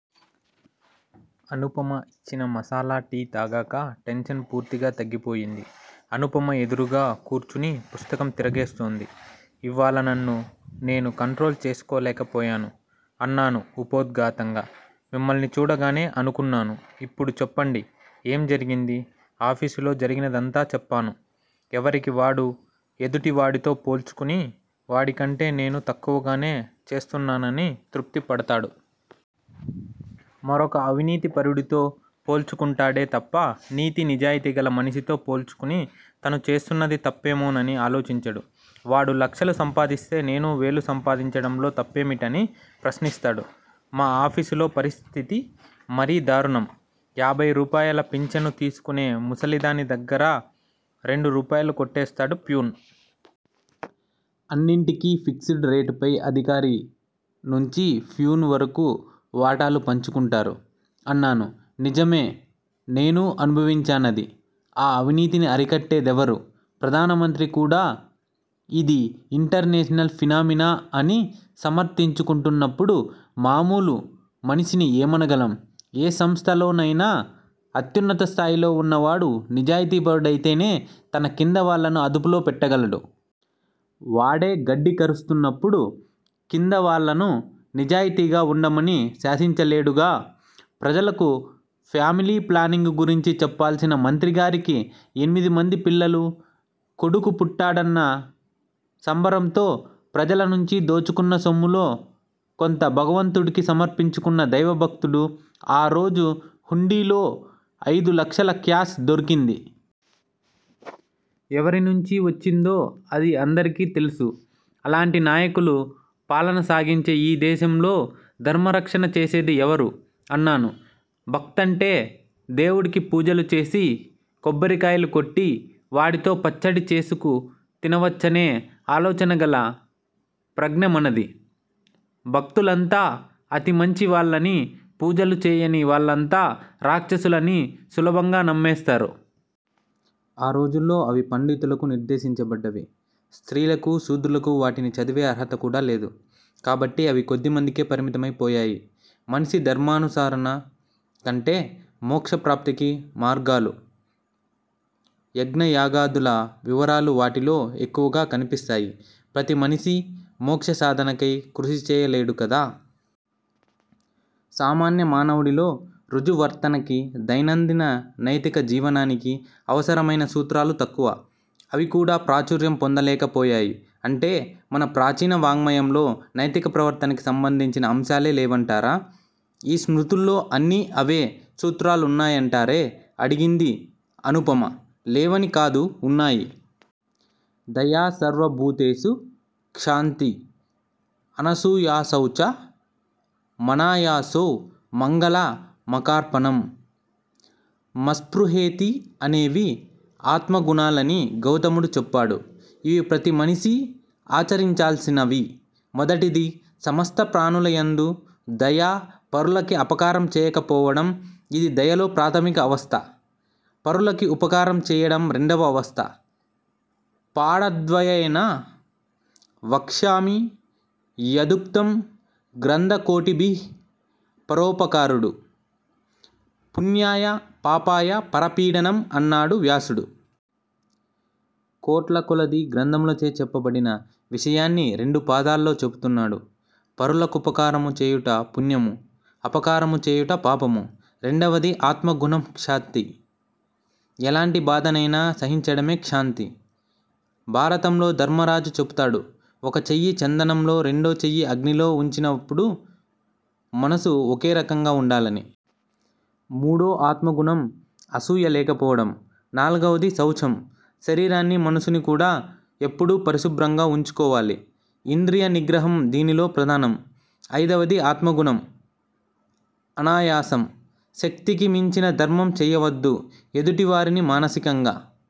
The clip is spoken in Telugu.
అనుపమ యిచ్చిన మసాలా టీ తాగాక టెన్షన్ పూర్తిగా తగ్గిపోయింది. అనుపమ ఎదురుగా కూర్చుని పుస్తకం తిరగేస్తోంది. ఇవ్వాళ నన్ను నేను కంట్రోల్ చేసుకోలేక పోయాను అన్నాను ఉపోద్ఘాతంగా. మిమ్మల్ని చూడగానే అనుకున్నాను. ఇప్పుడు చెప్పండి ఏం జరిగింది? ఆఫీసులో జరిగినదంతా చెప్పాను. ఎవరికి వాడు ఎదుటి వాడితో పోల్చుకుని వాడికంటే నేను తక్కువగానే చేస్తున్నానని తృప్తి పడతాడు. మరొక అవినీతి పరుడితో పోల్చుకుంటాడే తప్ప నీతి, నిజాయితీగల మనిషితో పోల్చుకుని తను చేస్తున్నది తప్పేమోనని ఆలోచించడు. వాడు లక్షలు సంపాదిస్తే నేను వేలు సంపాదించడంలో తప్పేమిటని ప్రశ్నిస్తాడు. మా ఆఫీసులో పరిస్థతి మరీ దారుణం. యాభై రూపాయల ఫించను తీసుకునే ముసలిదాని దగ్గరా రెండు రూపాయలు కొట్టేస్తాడు ఫ్యూన్. అన్నింటికి ఫిక్స్ డ్ రేట్ పై అధికారి నుంచి ఫ్యూన్ వరకు వాటాలు పంచుకుంటారు అన్నాను. నిజమే నేనూ అనుభవించానది. ఆ అవినీతిని అరికట్టే దెవరు? ప్రధానమంత్రి కూడా ఇది 'ఇంటర్నేషనల్ ఫినామినా' అని సమర్ధించుకుంటున్నప్పుడు మామూలు మనిషిని ఏమనగలం? ఏ సంస్థలోనయినా అత్యున్నత స్థాయిలో వున్నవాడు నిజాయితీ పరుడయితేనె తన కిందవాళ్ళను అదుపులో పెట్టగలడు. వాడే గడ్డి కరుస్తున్నప్పుడు కిందవాళ్ళను నిజాయితీగా వుండమని శాసించలేడుగా. ప్రజలకు ఫ్యామిలి ప్లానింగు గురించి చెప్పాల్సిన మంత్రిగారికి ఎనిమిది మంది పిల్లలు. కొడుకు పుట్టాడన్న సంబరంతో ప్రజల నుంచి దోచుకున్న సొమ్ములో కొంత భగవంతుడికి సమర్పించుకున్న దైవభక్తుడు. ఆ రోజు హుండీలో ఐదు లక్షల క్యాష్ దొరికింది. ఎవరి నుంచి వచ్చిందో అది అందరికీ తెలుసు. అలాంటి నాయకులు పాలన సాగించే ఈ దేశంలో ధర్మరక్షణ చేసేది ఎవరు? అన్నాను. భక్తంటే దేవుడికి పూజలు చేసి, కొబ్బరికాయలు కొట్టి, వాడితో పచ్చడి చేసుకు తినవచ్చనే ఆలోచనగల ప్రజ్ఞ మనది. భక్తులంతా అతి మంచి వాళ్ళని, పూజలు చేయని వాళ్ళంతా రాక్షసులని సులభంగా నమ్మేస్తారు. ఆ రోజుల్లో అవి పండితులకు నిర్దేశించబడ్డవి. స్త్రీలకు, శూద్రులకు వాటిని చదివే అర్హత కూడా లేదు. కాబట్టి అవి కొద్ది మందికే పరిమితమై పోయాయి. మనిషి ధర్మానుసరణ కంటే మోక్షప్రాప్తికి మార్గాలు, యజ్ఞయాగాదుల వివరాలు వాటిలో ఎక్కువగా కనిపిస్తాయి. ప్రతి మనిషి మోక్ష సాధనకై కృషి చేయలేడు కదా. సామాన్య మానవుడిలో ఋజు వర్తనకి, దైనందిన నైతిక జీవనానికి అవసరమయిన సూత్రాలు తక్కువ. అవి కూడా ప్రాచుర్యం పొందలేకపోయాయి. అంటే మన ప్రాచీన వాఞ్మయంలో నైతిక ప్రవర్తనకి సంబంధించిన అంశాలే లేవంటారా? ఈ స్మృతుల్లో అన్నీ అవే సూత్రాలున్నాయంటారే అడిగింది అనుపమ. లేవని కాదు, ఉన్నాయి. 'దయా సర్వభూతేషు, క్షాంతి, అనసూయాశౌచ, మనాయాసో, మంగళ, మకార్పణం, మస్పృహేతి' అనేవి ఆత్మగుణాలని గౌతముడు చెప్పాడు. ఇవి ప్రతిమనిషి ఆచరించాల్సినవి. మొదటిది- సమస్త ప్రాణులయందు దయ, పరులకి అపకారం చేయకపోవడం, ఇది దయలో ప్రాథమిక అవస్థ. పరులకి ఉపకారం చేయడం రెండవ అవస్థ. 'పాడద్వయేన వక్ష్యామి యదుక్తం గ్రంధకోటిభిః పరోపకారుడు పుణ్యాయ పాపాయ పరపీడనం' అన్నాడు వ్యాసుడు. కోట్ల కొలది గ్రంథములచే చెప్పబడిన విషయాన్ని రెండు పాదాల్లో చెపుతున్నాడు. పరుల కుపకారము చేయుట పుణ్యము, అపకారము చేయుట పాపము. రెండవది- ఆత్మగుణం క్షాంతి. ఎలాంటి బాధనయినా సహించడమే క్షాంతి. భారతంలో ధర్మరాజు చెపుతాడు. ఒక చెయ్యి చందనంలో, రెండో చెయ్యి అగ్నిలో వుంచినపుడు మనసు ఒకేరకంగా వుండాలని. మూడో ఆత్మగుణం- అసూయ లేకపోవడం, నాలుగవది-శౌచం. శరీరాన్ని, మనసుని కూడా ఎప్పుడూ పరిశుభ్రంగా వుంచుకోవాలి. ఇంద్రియ నిగ్రహం దీనిలో ప్రధానం. అయిదవది ఆత్మగుణం- అనాయాసం, శక్తికి మించిన ధర్మం చెయ్యవద్దు. ఎదుటి వారిని మానసికంగా,